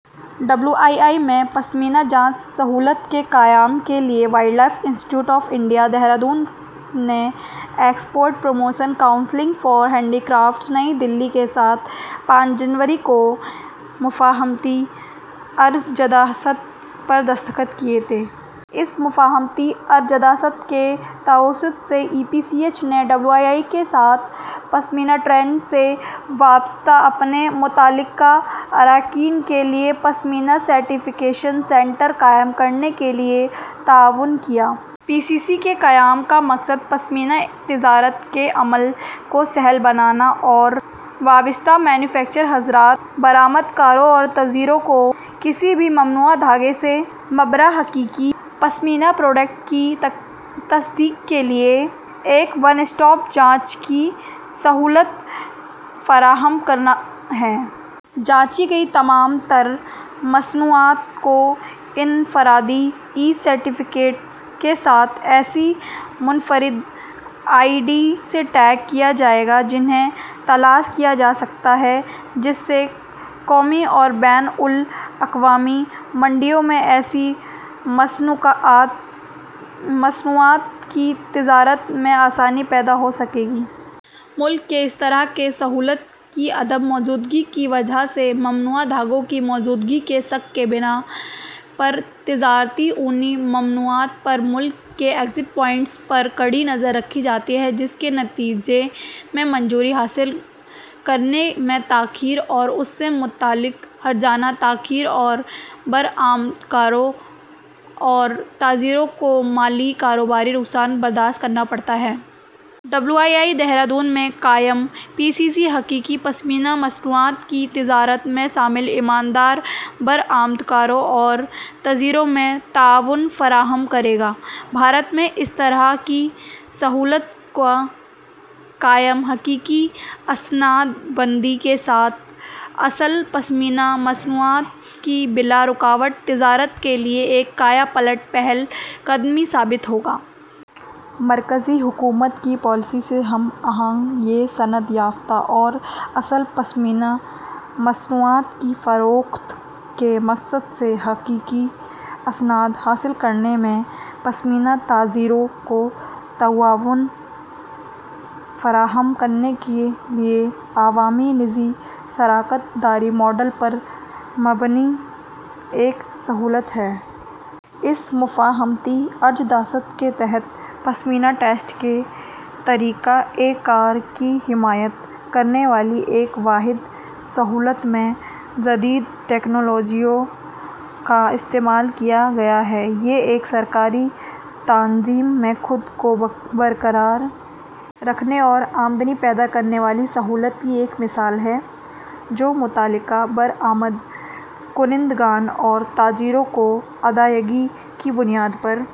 W I I میں 'پشمینہ جانچ سہولت' کے قیام کے لیے wildlife institute of India, Dehradun نے export promotion council for handicrafts, نئی دہلی کے ساتھ پانچ جنوری کو ایک 'مفاہمتی عرضداشت' پر دستخط کیے تھے۔ اس مفاہمتی عرضداشت کے توسط سے، ای پی سی ایچ نے ڈبلیو آئی آئی کے ساتھ پشمینہ ٹریڈ سے وابستہ اپنے متعلقہ اراکین کے لیے پشمینہ سرٹیفکیشن سینٹر قائم کرنے کے لیے تعاون کیا۔ پی سی سی کے قیام کا مقصد پشمینہ تجارت کے عمل کو سہل بنانا اور وابستہ مینوفیکچرر حضرات، برآمدکاروں، اور تاجروں کو کسی بھی ممنوعہ دھاگے سے مبرا حقیقی پشمینہ پروڈکٹ کی تصدیق کے لیے ایک وَن اسٹاپ جانچ کی سہولت فراہم کرنا ہے۔ چانچی گئیں تمام تر مصنوعات کو انفرادی ای۔ سرٹیفکیٹس کے ساتھ ایسی منفرد آئی ڈی سے ٹیگ کیا جائے گا جنہیں تلاش کیا جا سکتا ہے، جس سے قومی اور بین الاقوامی منڈیوں میں ایسی مصنوعات کی تجارت میں آسانی پیدا ہو سکے گی۔ ملک میں اس طرح کی سہولت کی عدم موجودگی کی وجہ سے، ممنوعہ دھاگوں کی موجودگی کے شک کی بنا پر تجارتی اونی مصنوعات پر ملک کے ایگزٹ پوائنٹس پر کڑی نظر رکھی جاتی ہے، جس کے نتیجے میں منظوری حاصل کرنے میں تاخیر اور اس سے متعلق حرجانہ تاخیر، اور برآمدکاروں اور تاجروں کو مالی/کاروباری نقصان برداشت کرنا پڑتا ہے۔ ڈبلیو آئی آئی، دہرادون میں قائم پی سی سی حقیقی پشمینہ مصنوعات کی تجارت میں شامل ایماندار برآمدکاروں اور تاجروں کو تعاون فراہم کرے گا۔ بھارت میں اس طرح کی سہولت کا قیام حقیقی اسنادبندی کے ساتھ اصل پشمینہ مصنوعات کی بلارکاوٹ تجارت کے لیے ایک کایہ پلٹ پہل قدمی ثابت ہوگا۔ مرکزی حکومت کی پالیسی سے ہم آہنگ، یہ سند یافتہ اور اصل پشمینہ مصنوعات کی فروخت کے مقصد سے حقیقی اسناد حاصل کرنے میں پشمینہ تاجروں کو تعاون فراہم کرنے کے لیے عوامی – نجی شراکت داری ماڈل پر مبنی ایک سہولت ہے۔ اس مفاہمتی عرضداشت کے تحت، پشمینہ ٹیسٹ کے طریقہ کار کی حمایت کرنے والی ایک واحد سہولت میں جدید تکنالوجیوں کا استعمال کیا گیا ہے۔ یہ ایک سرکاری تنظیم میں خود کو برقرار رکھنے اور آمدنی پیدا کرنے والی سہولت کی ایک مثال ہے جو متعلقہ برآمد کنندگان اور تاجروں کو ادائیگی کی بنیاد پر